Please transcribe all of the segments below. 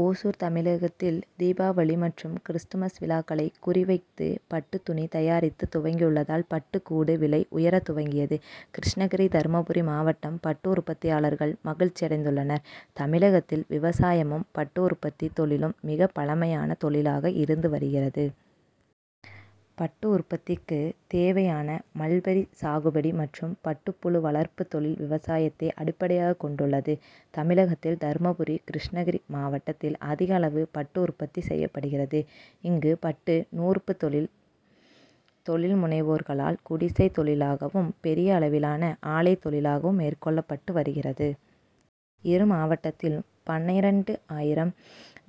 ஓசூர் தமிழகத்தில் தீபாவளி மற்றும் கிறிஸ்துமஸ் விழாக்களை குறி வைத்து பட்டு துணி தயாரிப்பு துவங்கியுள்ளதால், பட்டு கூடு விலை உயர துவங்கியுள்ளது. கிருஷ்ணகிரி, தர்மபுரி மாவட்ட பட்டு உற்பத்தியாளர்கள் மகிழ்ச்சியடைந்துள்ளனர். தமிழகத்தில் விவசாயமும், பட்டு உற்பத்தி தொழிலும் மிக பழமையான தொழிலாளாக இருந்து வருகிறது. பட்டு உற்பத்திக்கு தேவையான மல்பரி சாகுபடி மற்றும் பட்டுப்புழு வளர்ப்பு தொழில் விவசாயத்தை அடிப்படையாக கொண்டு உள்ளது. தமிழகத்தில் தர்மபுரி, கிருஷ்ணகிரி மாவட்டத்தில் அதிகளவு பட்டு உற்பத்தி செய்யப்படுகிறது. இங்கு பட்டு நூற்பு தொழில் தொழில் முனைவோர்களால் குடிசை தொழிலாகவும், பெரிய அளவிலான ஆலை தொழிலாகவும் மேற்கொள்ளப்பட்டு வருகிறது. இரு மாவட்டத்திலும் பன்னிரண்டு ஆயிரம்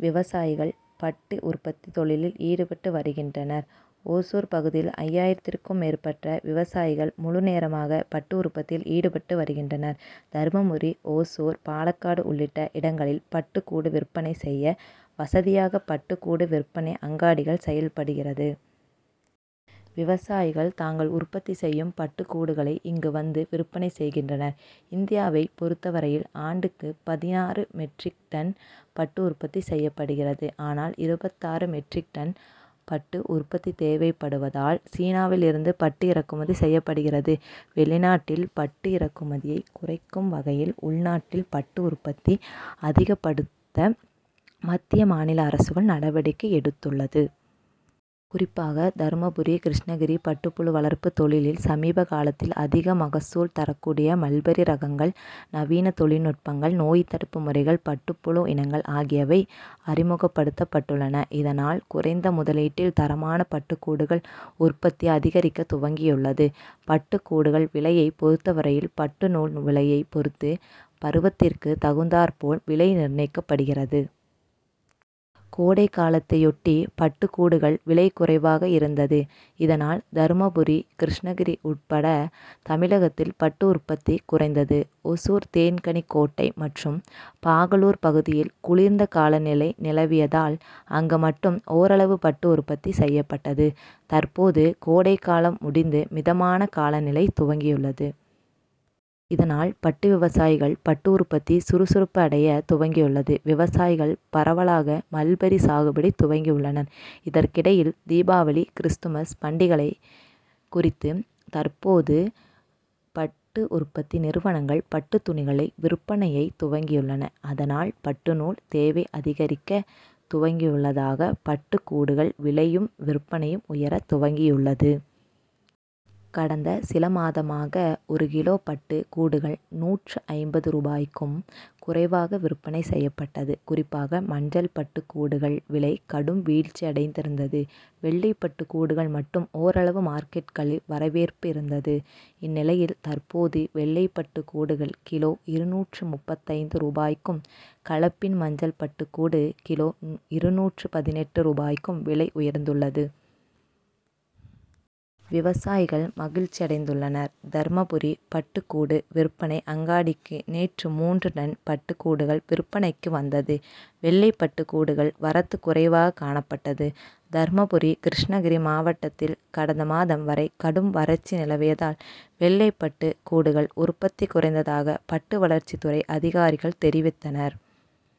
விவசாயிகள் பட்டு உற்பத்தி தொழிலில் ஈடுபட்டு வருகின்றனர். ஓசூர் பகுதியில் ஐயாயிரத்துக்கும் மேற்பட்ட விவசாயிகள் முழுநேரமாக பட்டு உற்பத்தியில் ஈடுபட்டு வருகின்றனர். தர்மபுரி, ஓசூர், பாலக்கோடு உள்ளிட்ட இடங்களில் பட்டு கூடு விற்பனை செய்ய வசதியாக பட்டு கூடு விற்பனை அங்காடிகள் செயல்படு கிறது. விவசாயிகள் தாங்கள் உற்பத்தி செய்யும் பட்டு கூடுகளை இங்கு வந்து விற்பனை செய்கின்றனர். இந்தியாவை பொறுத்தவரையில் ஆண்டுக்கு பதினாறு மெட்ரிக் டன் பட்டு உற்பத்தி செய்யப்படுகிறது. ஆனால், இருபத்தாறு மெட்ரிக் டன் பட்டு உற்பத்தி தேவைப்படுவதால் சீனாவில் இருந்து பட்டு இறக்குமதி செய்யப்படுகிறது. வெளிநாட்டில் பட்டு இறக்குமதியை குறைக்கும் வகையில் உள்நாட்டில் பட்டு உற்பத்தியை அதிகப்படுத்த மத்திய, மாநில அரசுகள் நடவடிக்கை எடுத்துள்ளது. குறிப்பாக தர்மபுரி, கிருஷ்ணகிரி பட்டு புழு வளர்ப்பு தொழிலில் சமீப காலத்தில் அதிக மகசூல் தரக்கூடிய மல்பரி ரகங்கள், நவீன தொழில்நுட்பங்கள், நோய் தடுப்பு முறைகள், பட்டுப்புழு இனங்கள் ஆகியவை அறிமுகப்படுத்தப்பட்டுள்ளன. இதனால், குறைந்த முதலீட்டில் தரமான பட்டு கூடுகள் உற்பத்தி அதிகரிக்க துவங்கியுள்ளது. பட்டு கூடுகள் விலையை பொறுத்தவரையில் பட்டு நூல் விலையை பொறுத்து பருவத்திற்கு தகுந்தாற்போல் விலை நிர்ணயிக்கப்படுகிறது. கோடைகாலத்தையொட்டி பட்டு கூடுகள் விலை குறைவாக இருந்தது. இதனால், தர்மபுரி, கிருஷ்ணகிரி உள்பட தமிழகத்தில் பட்டு உற்பத்தி குறைந்தது. ஓசூர், தேன்கனிக்கோட்டை மற்றும் பாகலூர் பகுதியில் குளிர்ந்த காலநிலை நிலவியதால், அங்கு மட்டும் ஒரளவு பட்டு உற்பத்தி செய்யப்பட்டது. தற்போது கோடை காலம் முடிந்து மிதமான காலநிலை துவங்கியுள்ளது. இதனால், பட்டு விவசாயிகள் பட்டு உற்பத்தி சுறுசுறுப்பு அடைய துவங்கியுள்ளது. விவசாயிகள் பரவலாக மல்பரி சாகுபடி துவங்கியுள்ளனர். இதற்கிடையில் தீபாவளி, கிறிஸ்துமஸ் பண்டிகளை குறித்து தற்போது பட்டு உற்பத்தி நிறுவனங்கள் பட்டு துணிகளை விற்பனையை துவங்கியுள்ளன. அதனால், பட்டு நூல் தேவை அதிகரிக்க துவங்கியுள்ளதால், பட்டு கூடுகள் விலையும், விற்பனையும் உயர துவங்கியுள்ளது. கடந்த சில மாதமாக ஒரு கிலோ பட்டு கூடுகள் நூற்று ஐம்பது ரூபாய்க்கும் குறைவாக விற்பனை செய்யப்பட்டது. குறிப்பாக மஞ்சள் பட்டு கூடுகள் விலை கடும் வீழ்ச்சியடைந்து இருந்தது. வெள்ளை பட்டு கூடுகள் மட்டும் ஒரளவு மார்க்கெட்டுகளில் வரவேற்பு இருந்தது. இந்நிலையில் தற்போது வெள்ளை பட்டு கூடுகள் கிலோ இருநூற்று முப்பத்தைந்து ரூபாய்க்கும், கலப்பின மஞ்சள் பட்டு கூடு கிலோ இருநூற்று பதினெட்டு ரூபாய்க்கும் விலை உயர்ந்துள்ளது. விவசாயிகள் மகிழ்ச்சியடைந்துள்ளனர். தர்மபுரி பட்டு கூடு விற்பனை அங்காடிக்கு நேற்று மூன்று டன் பட்டு கூடுகள் விற்பனைக்கு வந்தது. வெள்ளை பட்டு கூடுகள் வரத்து குறைவாக காணப்பட்டது. தர்மபுரி, கிருஷ்ணகிரி மாவட்டத்தில் கடந்த மாதம் வரை கடும் வறட்சி நிலவியதால், வெள்ளை பட்டு கூடுகள் உற்பத்தி குறைந்ததாக பட்டுவளர்ச்சி துறை அதிகாரிகள் தெரிவித்தனர்.